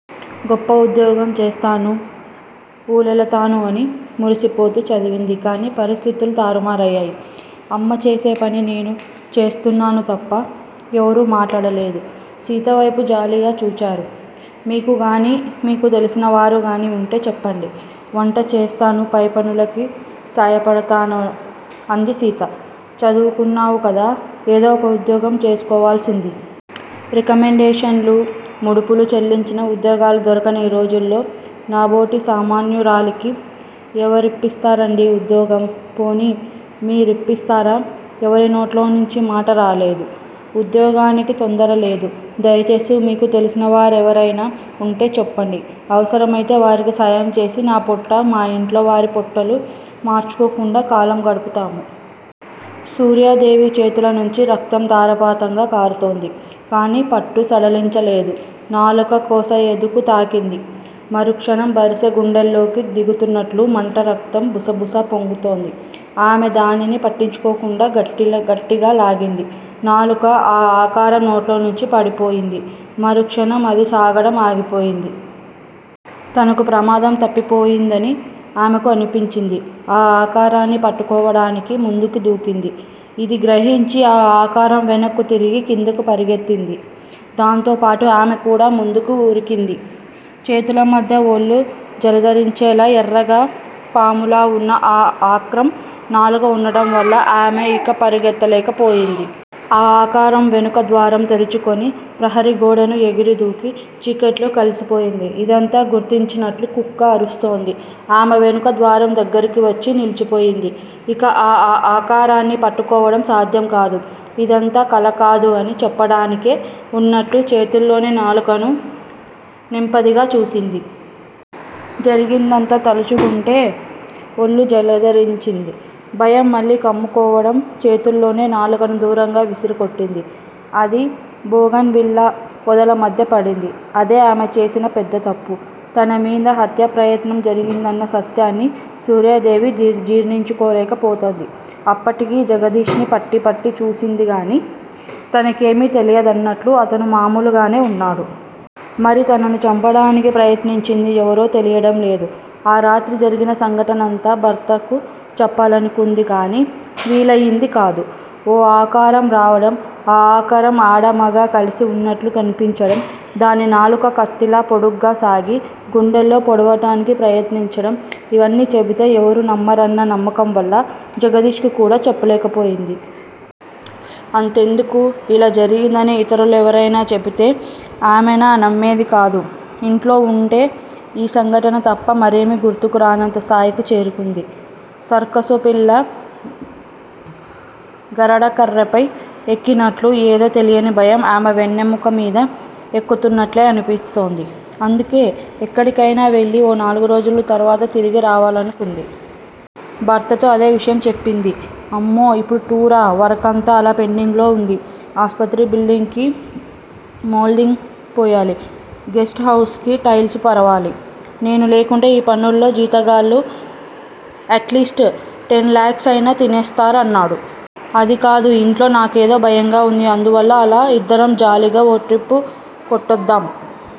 గొప్ప ఉద్యోగం చేస్తాను. ఊళ్ళేలతాను అని మురిసిపోతూ చదివించింది. కాని పరిస్థితులు తారుమారయ్యాయి. అమ్మచేసేపని నేను చేస్తున్నాను తప్పా? ఎవరూ మాట్లాడలేదు. సీతవైపు జాలిగా చూచారు. మీకుగాని, మీకు తెలిసినవారుగాని వుంటే చెప్పండి. వంట చేస్తాను. వైపనులకి సాయపదతాను. అంది సీత. చదువుకున్నావుకదా, ఏదో ఒక ఉద్యోగం చూసుకావాల్సింది. రికమండేషన్లు, ముడుపులు చెల్లించినా ఉద్యోగాలు దొరకని ఈ రోజుల్లో నాబోటి సామన్యురాలికి ఎవరిప్పిస్తారండీ ఉద్యోగం? పోనీ మీ రిప్పిస్తారా? ఎవరినోట్లోంచి మాట రాలేదు. ఉద్యోగానికి తొందరలేదు. దయచేసి మీకు తెలిసినవారెవరయినా వుంటే చెప్పండి. అవసరమయితే వారికి సాయంచేసి నాపోట్ట, మా ఇంట్లో వారి పొట్టలు, మాడ్చుకోకుండా కాలం గడుపుతాము. సూర్యాదేవి చేతుల నుంచి రక్తం ధారాపాతంగా కారుతోంది. కానీ పట్టు సడలించలేదు. నాలుక కొస ఎదకు తాకింది. మరుక్షణం బరిసె గుండెల్లోకి దిగుతున్నట్లు మంట రక్తం బుసబుసా పొంగుతోంది. ఆమె దానిని పట్టించుకోకుండా గట్టిగా లాగింది. నాలుక ఆ ఆకారం నోట్లోంచి పూడిపోయింది. మరుక్షణం అది సాగడం ఆగిపోయింది. తనకు ప్రమాదం తప్పిపోయిందని ఆమెకి అనిపించింది. ఆ ఆకారాన్ని పట్టుకోవడానికి ముందుకి దూకింది. ఇది గ్రహించి ఆ ఆకారం వెనక్కు తిరిగి కిందకు పరుగెత్తింది. దాంతో పాటు ఆమె కూడా ముందుకు వురికింది. చేతులమధ్య ఒళ్ళు జలదరించేలా ఎర్రగా, పాములా వున్న ఆ ఆక్రం నాలుక వుండడం వల్ల ఆమె ఇక పరుగెత్తలేక పోయింది. ఆ ఆకారం వెనక ద్వారం తెరుచుకుని ప్రహరీ గోడను ఎగిరి దూకి చీకట్లో కలిసిపోయింది. ఇదంతా గుర్తించినట్లు కుక్క అరుస్తోంది. ఆమె వెనక ద్వారం దగ్గరికి వచ్చి నిలిచిపోయింది. ఇక ఆ ఆకారాన్ని పట్టుకోవడం సాధ్యం కాదు. ఇదంతా కలకాదు అని చెప్పడానికే వున్నట్లు చేతుల్లోని నాలుకను నింపాదిగా చూసింది. జరిగిందంతా తలుచుకుంటుంటే ఒళ్ళు జలదరించింది. భయం మళ్ళీ కమ్ముకోవడంతో చేతుల్లోని నాలుకను దూరంగా విరిసికొట్టింది. అది బోగన్ విల్లా పొదల మధ్య పడింది. అదే ఆమె చేసిన పెద్ద తప్పు. తనమీద హత్యాప్రయత్నం జరిగిందన్న సత్యాన్ని సూర్యాదేవి జీర్ణించుకోలేక పోతోంది. అప్పటికీ జగదీష్ ని పట్టి పట్టి చూసిందిగానీ తనకేమీ తెలియదన్నట్లు అతను మామూలుగానే వున్నాడు. మరి తనను చంపడానికి ప్రయత్నించింది ఎవరో తెలియడం లేదు. ఆ రాత్రి జరిగిన సంఘటనంతా భర్తకు చెప్పాలనుకుంది గానీ వీలయింది కాదు. ఓ ఆకారం రావడం, ఆ ఆకారం ఆడా మగా కలిసి వున్నట్లు కనిపించడం, దాని నాలుక కత్తిలా పొడుగ్గా సాగి, గుండెల్లో పొడవడానికి ప్రయత్నించడం- ఇవన్నీ చెబితే ఎవరూ నమ్మరన్న నమ్మకంవల్ల జగదీష్ కి కూడా చెప్పలేకపోయింది. అంతెందుకు- ఇలా జరిగిందని ఇతరులెవరైనా చెబితే ఆమైనా నమ్మేది కాదు. ఇంట్లో వుంటే యీ సంఘటన తప్ప మరేమీ గుర్తుకు రానంత స్థాయికి చేరుకుంది. సర్కసు పిల్ల గడకర్రపైకి ఎక్కినట్లు ఏదో తెలియని భయం ఆమె వెన్నెముక మీద ఎక్కుతున్నట్లే అనిపిస్తోంది. అందుకే ఎక్కడికైనా వెళ్ళి ఓ నాలుగురోజుల తరువాత తిరిగి రావాలనుకుంది. భర్తతో ఇదే విషయం చెప్పింది. అమ్మో! ఇప్పుడు టూర్ లా! వర్క్ అంతా అలా పెండింగ్ లో వుంది. ఆస్పత్రి బిల్డింగ్ కి మోల్దింగ్ పోయాలి, గెస్ట్ హౌస్ కి టైల్స్ పరవాలి. నేను లేకుంటే ఈ పనుల్లో జీతగాళ్ళు ఎట్ లీస్ట్ టెన్ లాక్స్ అయినా తినేస్తారు అన్నాడు. అది కాదు! ఇంట్లో నాకేదో భయంగా వుంది. అందువల్ల అలా ఇద్దరం జాలీగా ఓ ట్రిప్ కొట్టొద్దాం